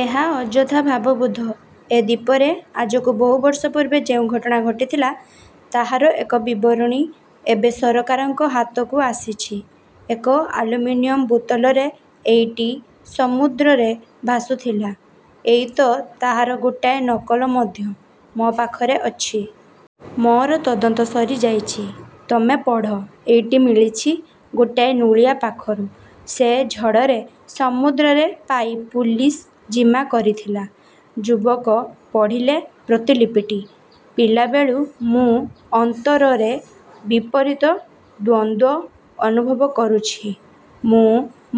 ଏହା ଅଯଥା ଭାବବୋଧ। ଏ ଦ୍ଵୀପରେ ଆଜକୁ ବହୁ ବର୍ଷ ପୂର୍ବେ ଯେଉଁ ଘଟଣା ଘଟିଥିଲା ତାହାର ଏକ ବିବରଣୀ ଏବେ ସରକାରଙ୍କ ହାତକୁ ଆସିଛି। ଏକ ଆଲୁମିନିୟମ ବୋତଲରେ ଏଇଟି ସମୁଦ୍ରରେ ଭାସୁଥିଲା। ଏଇ ତ ତାହାର ଗୋଟାଏ ନକଲ ମଧ୍ୟ ମୋ ପାଖରେ ଅଛି। ମୋର ତଦନ୍ତ ସରିଯାଇଛି ତମେ ପଢ଼। ଏଇଟି ମିଳିଛି ଗୋଟିଏ ନୋଳିଆ ପାଖରୁ। ସେ ଝଡ଼ରେ ସମୁଦ୍ରରେ ପାଇ ପୋଲିସ ଜିମା କରିଥିଲା। ଯୁବକ ପଢ଼ିଲେ ପ୍ରତିଲିପିଟି ପିଲାବେଳୁ ମୁଁ ଅନ୍ତରରେ ବିପରୀତ ଦ୍ଵନ୍ଦ୍ୱ ଅନୁଭବ କରୁଛି। ମୁଁ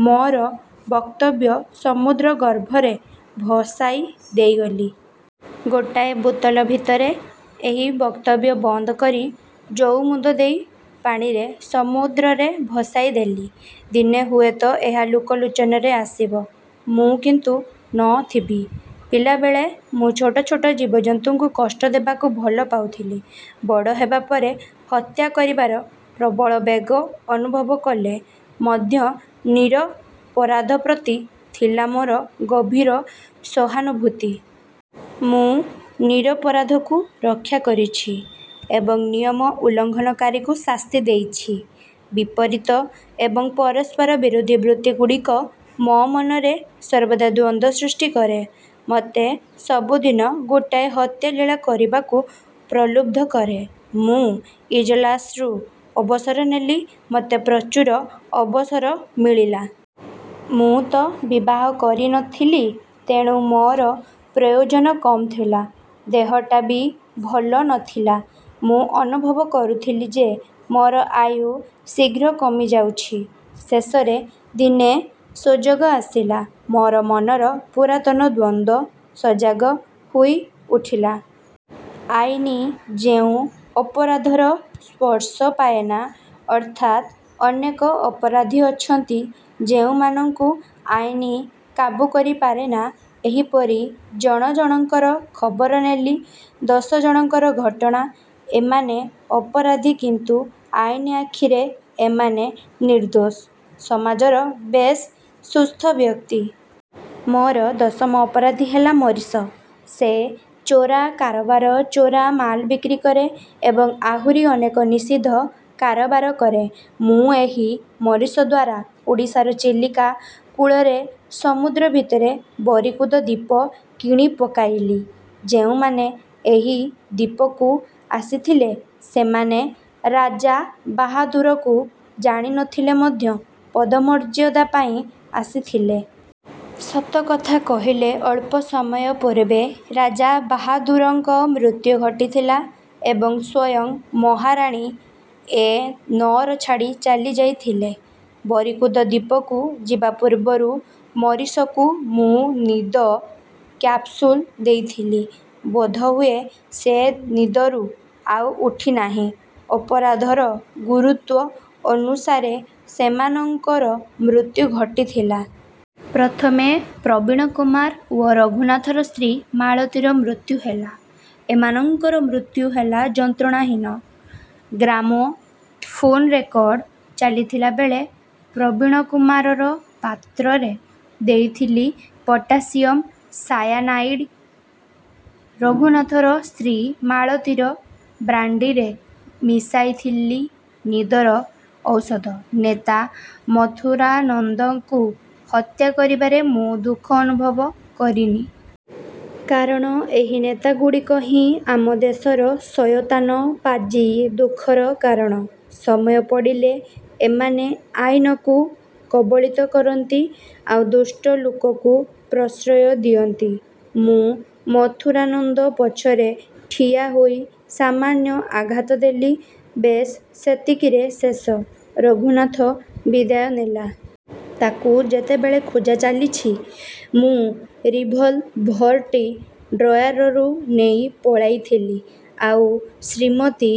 ମୋର ବକ୍ତବ୍ୟ ସମୁଦ୍ର ଗର୍ଭରେ ଭସାଇ ଦେଇଗଲି। ଗୋଟାଏ ବୋତଲ ଭିତରେ ଏହି ବକ୍ତବ୍ୟ ବନ୍ଦ କରି ଜଉମୁଦ ଦେଇ ପାଣିରେ ସମୁଦ୍ରରେ ଭସାଇଦେଲି। ଦିନେ ହୁଏତ ଏହା ଲୋକଲୋଚନରେ ଆସିବ। ମୁଁ କିନ୍ତୁ ନ ଥିବି। ପିଲାବେଳେ ମୁଁ ଛୋଟ ଛୋଟ ଜୀବଜନ୍ତୁଙ୍କୁ କଷ୍ଟ ଦେବାକୁ ଭଲ ପାଉଥିଲି। ବଡ଼ ହେବା ପରେ ହତ୍ୟା କରିବାର ପ୍ରବଳ ବେଗ ଅନୁଭବ କଲେ ମଧ୍ୟ ନିରପରାଧ ପ୍ରତି ଥିଲା ମୋର ଗଭୀର ସହାନୁଭୂତି। ମୁଁ ନିରପରାଧକୁ ରକ୍ଷା କରିଛି ଏବଂ ନିୟମ ଉଲ୍ଲଂଘନକାରୀକୁ ଶାସ୍ତି ଦେଇଛି। ବିପରୀତ ଏବଂ ପରସ୍ପର ବିରୋଧୀ ବୃତ୍ତିଗୁଡ଼ିକ ମୋ ମନରେ ସର୍ବଦା ଦ୍ଵନ୍ଦ୍ୱ ସୃଷ୍ଟି କରେ। ମୋତେ ସବୁଦିନ ଗୋଟାଏ ହତ୍ୟାଲୀଳା କରିବାକୁ ପ୍ରଲୁବ୍ଧ କରେ। ମୁଁ ଇଜଲାସରୁ ଅବସର ନେଲି। ମୋତେ ପ୍ରଚୁର ଅବସର ମିଳିଲା। ମୁଁ ତ ବିବାହ କରି ନ ଥିଲି ତେଣୁ ମୋର ପ୍ରୟୋଜନ କମ୍ ଥିଲା। ଦେହଟା ବି ଭଲ ନ ଥିଲା। ମୁଁ ଅନୁଭବ କରୁଥିଲି ଯେ ମୋର ଆୟୁ ଶୀଘ୍ର କମିଯାଉଛି। ଶେଷରେ ଦିନେ ସୁଯୋଗ ଆସିଲା। ମୋର ମନର ପୁରାତନ ଦ୍ଵନ୍ଦ୍ୱ ସଜାଗ ହୋଇଉଠିଲା। ଆଇନ ଯେଉଁ ଅପରାଧର ସ୍ପର୍ଶ ପାଏନା, ଅର୍ଥାତ୍ ଅନେକ ଅପରାଧୀ ଅଛନ୍ତି ଯେଉଁମାନଙ୍କୁ ଆଇନ କାବୁ କରି ପାରେନା, ଏହିପରି ଜଣ ଜଣଙ୍କର ଖବର ନେଲି। ଦଶ ଜଣଙ୍କର ଘଟଣା। ଏମାନେ ଅପରାଧୀ କିନ୍ତୁ ଆଇନ ଆଖିରେ ଏମାନେ ନିର୍ଦ୍ଦୋଷ, ସମାଜର ବେଶ୍ ସୁସ୍ଥ ବ୍ୟକ୍ତି। ମୋର ଦଶମ ଅପରାଧୀ ହେଲା ମରିସ। ସେ ଚୋରା କାରବାର, ଚୋରା ମାଲ ବିକ୍ରି କରେ ଏବଂ ଆହୁରି ଅନେକ ନିଷିଦ୍ଧ କାରବାର କରେ। ମୁଁ ଏହି ମରିସ ଦ୍ଵାରା ଓଡ଼ିଶାର ଚିଲିକା କୂଳରେ ସମୁଦ୍ର ଭିତରେ ବରିକୁଦ ଦ୍ଵୀପ କିଣିପକାଇଲି। ଯେଉଁମାନେ ଏହି ଦ୍ଵୀପକୁ ଆସିଥିଲେ ସେମାନେ ରାଜାବାହାଦୁରକୁ ଜାଣି ନ ଥିଲେ ମଧ୍ୟ ପଦମର୍ଯ୍ୟାଦା ପାଇଁ ଆସିଥିଲେ। ସତ କଥା କହିଲେ, ଅଳ୍ପ ସମୟ ପୂର୍ବେ ରାଜାବାହାଦୁରଙ୍କ ମୃତ୍ୟୁ ଘଟିଥିଲା ଏବଂ ସ୍ୱୟଂ ମହାରାଣୀ ଏ ନଅର ଛାଡ଼ି ଚାଲିଯାଇଥିଲେ। ବରିକୁଦ ଦ୍ଵୀପକୁ ଯିବା ପୂର୍ବରୁ ମରିସକୁ ମୁଁ ନିଦ କ୍ୟାପସୁଲ ଦେଇଥିଲି। ବୋଧହୁଏ ସେ ନିଦରୁ ଆଉ ଉଠିନାହିଁ। ଅପରାଧର ଗୁରୁତ୍ଵ ଅନୁସାରେ ସେମାନଙ୍କର ମୃତ୍ୟୁ ଘଟିଥିଲା। ପ୍ରଥମେ ପ୍ରବୀଣକୁମାର ଓ ରଘୁନାଥର ସ୍ତ୍ରୀ ମାଳତୀର ମୃତ୍ୟୁ ହେଲା। ଏମାନଙ୍କର ମୃତ୍ୟୁ ହେଲା ଯନ୍ତ୍ରଣାହୀନ। ଗ୍ରାମୋଫୋନ ରେକର୍ଡ଼ ଚାଲିଥିବା ବେଳେ ପ୍ରବୀଣକୁମାରର ପାତ୍ରରେ ଦେଇଥିଲି ପଟାସିୟମ୍ ସାୟାନାଇଡ୍। ରଘୁନାଥର ସ୍ତ୍ରୀ ମାଳତୀର ବ୍ରାଣ୍ଡିରେ ମିଶାଇଥିଲି ନିଦର ଔଷଧ। ନେତା ମଥୁରାନନ୍ଦକୁ ହତ୍ୟା କରିବାରେ ମୁଁ ଦୁଃଖ ଅନୁଭବ କରିନି। କାରଣ ଏହି ନେତାଗୁଡ଼ିକ ହିଁ ଆମ ଦେଶର ଶୟତାନ ପାଜି ଦୁଃଖର କାରଣ। ସମୟ ପଡ଼ିଲେ ଏମାନେ ଆଇନକୁ କବଳିତ କରନ୍ତି ଆଉ ଦୁଷ୍ଟ ଲୋକକୁ ପ୍ରଶ୍ରୟ ଦିଅନ୍ତି। ମୁଁ ମଥୁରାନନ୍ଦ ପଛରେ ଠିଆ ହୋଇ ସାମାନ୍ୟ ଆଘାତ ଦେଲି ବେଶ୍ ସେତିକିରେ ଶେଷ। ରଘୁନାଥ ବିଦାୟ ନେଲା। ତାକୁ ଯେତେବେଳେ ଖୋଜା ଚାଲିଛି ମୁଁ ରିଭଲଭରଟି ଡ୍ରୟାରରୁ ନେଇ ପଳାଇଥିଲି ଆଉ ଶ୍ରୀମତୀ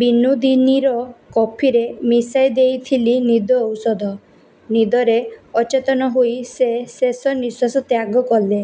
ବିନୋଦିନୀର କଫିରେ ମିଶାଇଦେଇଥିଲି ନିଦ ଔଷଧ। ନିଦରେ ଅଚେତନ ହୋଇ ସେ ଶେଷ ନିଶ୍ୱାସ ତ୍ୟାଗ କଲେ।